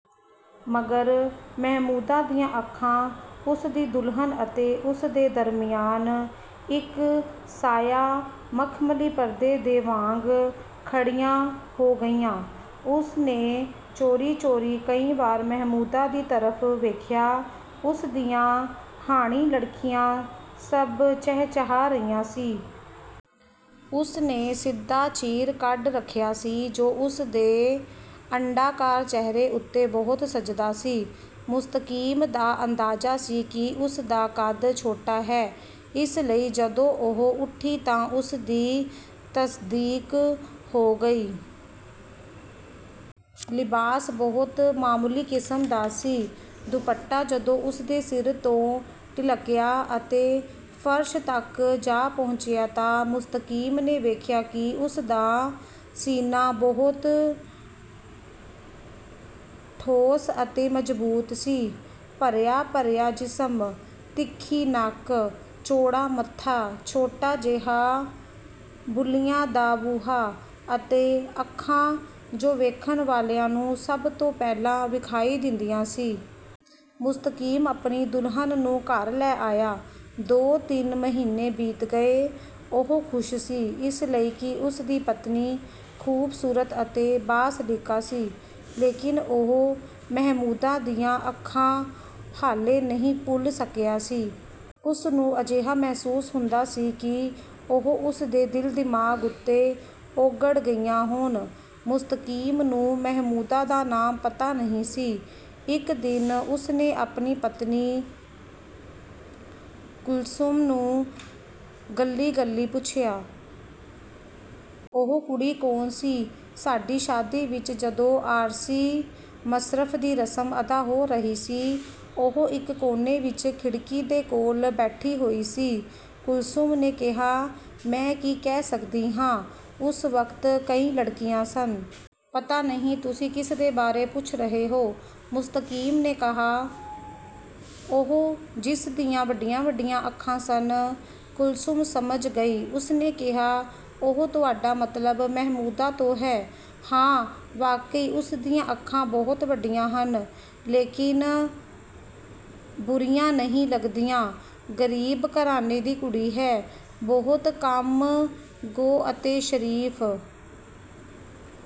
ਮਗਰ ਮਹਿਮੂਦਾ ਦੀਆਂ ਅੱਖਾਂ ਉਸ ਦੀ ਦੁਲਹਨ ਅਤੇ ਉਸ ਦੇ ਦਰਮਿਆਨ ਇੱਕ ਸਾਇਆ ਮਖ਼ਮਲੀ ਪਰਦੇ ਦੇ ਵਾਂਗ ਖੜੀਆਂ ਹੋ ਗਈਆਂ। ਉਸ ਨੇ ਚੋਰੀ-ਚੋਰੀ ਕਈ ਵਾਰ ਮਹਿਮੂਦਾ ਦੀ ਤਰਫ਼ ਵੇਖਿਆ। ਉਸ ਦੀਆਂ ਹਾਣੀ ਲੜਕੀਆਂ ਸਭ ਚਹਿ-ਚਹਾ ਰਹੀਆਂ ਸੀ। ਉਸ ਨੇ ਸਿੱਧਾ ਚੀਰ ਕੱਢ ਰੱਖਿਆ ਸੀ ਜੋ ਉਸ ਦੇ ਅੰਡਾਕਾਰ ਚਿਹਰੇ ਉੱਤੇ ਬਹੁਤ ਸਜਦਾ ਸੀ। ਮੁਸਤਕੀਮ ਦਾ ਅੰਦਾਜ਼ਾ ਸੀ ਕਿ ਉਸ ਦਾ ਕਦ ਛੋਟਾ ਹੈ ਇਸ ਲਈ ਜਦੋਂ ਉਹ ਉੱਠੀ ਤਾਂ ਉਸ ਦੀ ਤਸਦੀਕ ਹੋ ਗਈ। ਲਿਬਾਸ ਬਹੁਤ ਮਾਮੂਲੀ ਕਿਸਮ ਦਾ ਸੀ। ਦੁਪੱਟਾ ਜਦੋਂ ਉਸ ਦੇ ਸਿਰ ਤੋਂ ਢਿਲਕਿਆ ਅਤੇ ਫ਼ਰਸ਼ ਤੱਕ ਜਾ ਪਹੁੰਚਿਆ ਤਾਂ ਮੁਸਤਕੀਮ ਨੇ ਵੇਖਿਆ ਕਿ ਉਸ ਦਾ ਸੀਨਾ ਬਹੁਤ ਠੋਸ ਅਤੇ ਮਜ਼ਬੂਤ ਸੀ। ਭਰਿਆ-ਭਰਿਆ ਜਿਸਮ, ਤਿੱਖੀ ਨੱਕ, ਚੌੜਾ ਮੱਥਾ, ਛੋਟਾ ਜਿਹਾ ਬੁੱਲ੍ਹੀਆਂ ਦਾ ਬੂਹਾ ਅਤੇ ਅੱਖਾਂ ਜੋ ਵੇਖਣ ਵਾਲਿਆਂ ਨੂੰ ਸਭ ਤੋਂ ਪਹਿਲਾਂ ਵਿਖਾਈ ਦਿੰਦੀਆਂ ਸੀ। ਮੁਸਤਕੀਮ ਆਪਣੀ ਦੁਲਹਨ ਨੂੰ ਘਰ ਲੈ ਆਇਆ। ਦੋ ਤਿੰਨ ਮਹੀਨੇ ਬੀਤ ਗਏ। ਉਹ ਖ਼ੁਸ਼ ਸੀ, ਇਸ ਲਈ ਕਿ ਉਸ ਦੀ ਪਤਨੀ ਖ਼ੂਬਸੂਰਤ ਅਤੇ ਬਾ-ਸਲੀਕਾ ਸੀ। ਲੇਕਿਨ ਉਹ ਮਹਿਮੂਦਾ ਦੀਆਂ ਅੱਖਾਂ ਹਾਲੇ ਨਹੀਂ ਭੁੱਲ ਸਕਿਆ ਸੀ। ਉਸ ਨੂੰ ਅਜਿਹਾ ਮਹਿਸੂਸ ਹੁੰਦਾ ਸੀ ਕਿ ਉਹ ਉਸ ਦੇ ਦਿਲ-ਦਿਮਾਗ਼ ਉੱਤੇ ਉਘੜ ਗਈਆਂ ਹੋਣ। ਮੁਸਤਕੀਮ ਨੂੰ ਮਹਿਮੂਦਾ ਦਾ ਨਾਮ ਪਤਾ ਨਹੀਂ ਸੀ। ਇੱਕ ਦਿਨ ਉਸ ਨੇ ਆਪਣੀ ਪਤਨੀ, ਕੁਲਸੁਮ ਨੂੰ ਗੱਲੀਂ-ਗੱਲੀਂ ਪੁੱਛਿਆ। " ਉਹ ਕੁੜੀ ਕੌਣ ਸੀ ਸਾਡੀ ਸ਼ਾਦੀ ਵਿੱਚ ਜਦੋਂ ਆਰਸੀ ਮਸਹਫ਼ ਦੀ ਰਸਮ ਅਦਾ ਹੋ ਰਹੀ ਸੀ, ਉਹ ਇੱਕ ਕੋਨੇ ਵਿੱਚ ਖਿੜਕੀ ਦੇ ਕੋਲ ਬੈਠੀ ਹੋਈ ਸੀ। "ਕੁਲਸੁਮ ਨੇ ਕਿਹਾ ਮੈਂ ਕੀ ਕਹਿ ਸਕਦੀ ਹਾਂ ਉਸ ਵਕਤ ਕਈ ਲੜਕੀਆਂ ਸਨ। ਪਤਾ ਨਹੀਂ ਤੁਸੀਂ ਕਿਸ ਦੇ ਬਾਰੇ ਪੁੱਛ ਰਹੇ ਹੋ। " ਮੁਸਤਕੀਮ ਨੇ ਕਿਹਾ," ਉਹ ਜਿਸ ਦੀਆਂ ਵੱਡੀਆਂ-ਵੱਡੀਆਂ ਅੱਖਾਂ ਸਨ। "ਕੁਲਸੁਮ ਸਮਝ ਗਈ ਉਸਨੇ ਕਿਹਾ, "ਓਹ ਤੁਹਾਡਾ ਮਤਲਬ ਮਹਿਮੂਦਾ ਤੋਂ ਹੈ, ਹਾਂ ਵਾਕਈ ਉਸ ਦੀਆਂ ਅੱਖਾਂ ਬਹੁਤ ਵੱਡੀਆਂ ਹਨ, ਲੇਕਿਨ ਬੁਰੀਆਂ ਨਹੀਂ ਲੱਗਦੀਆਂ ਗ਼ਰੀਬ ਘਰਾਣੇ ਦੀ ਕੁੜੀ ਹੈ। ਬਹੁਤ ਕਮ ਗੋ ਅਤੇ ਸ਼ਰੀਫ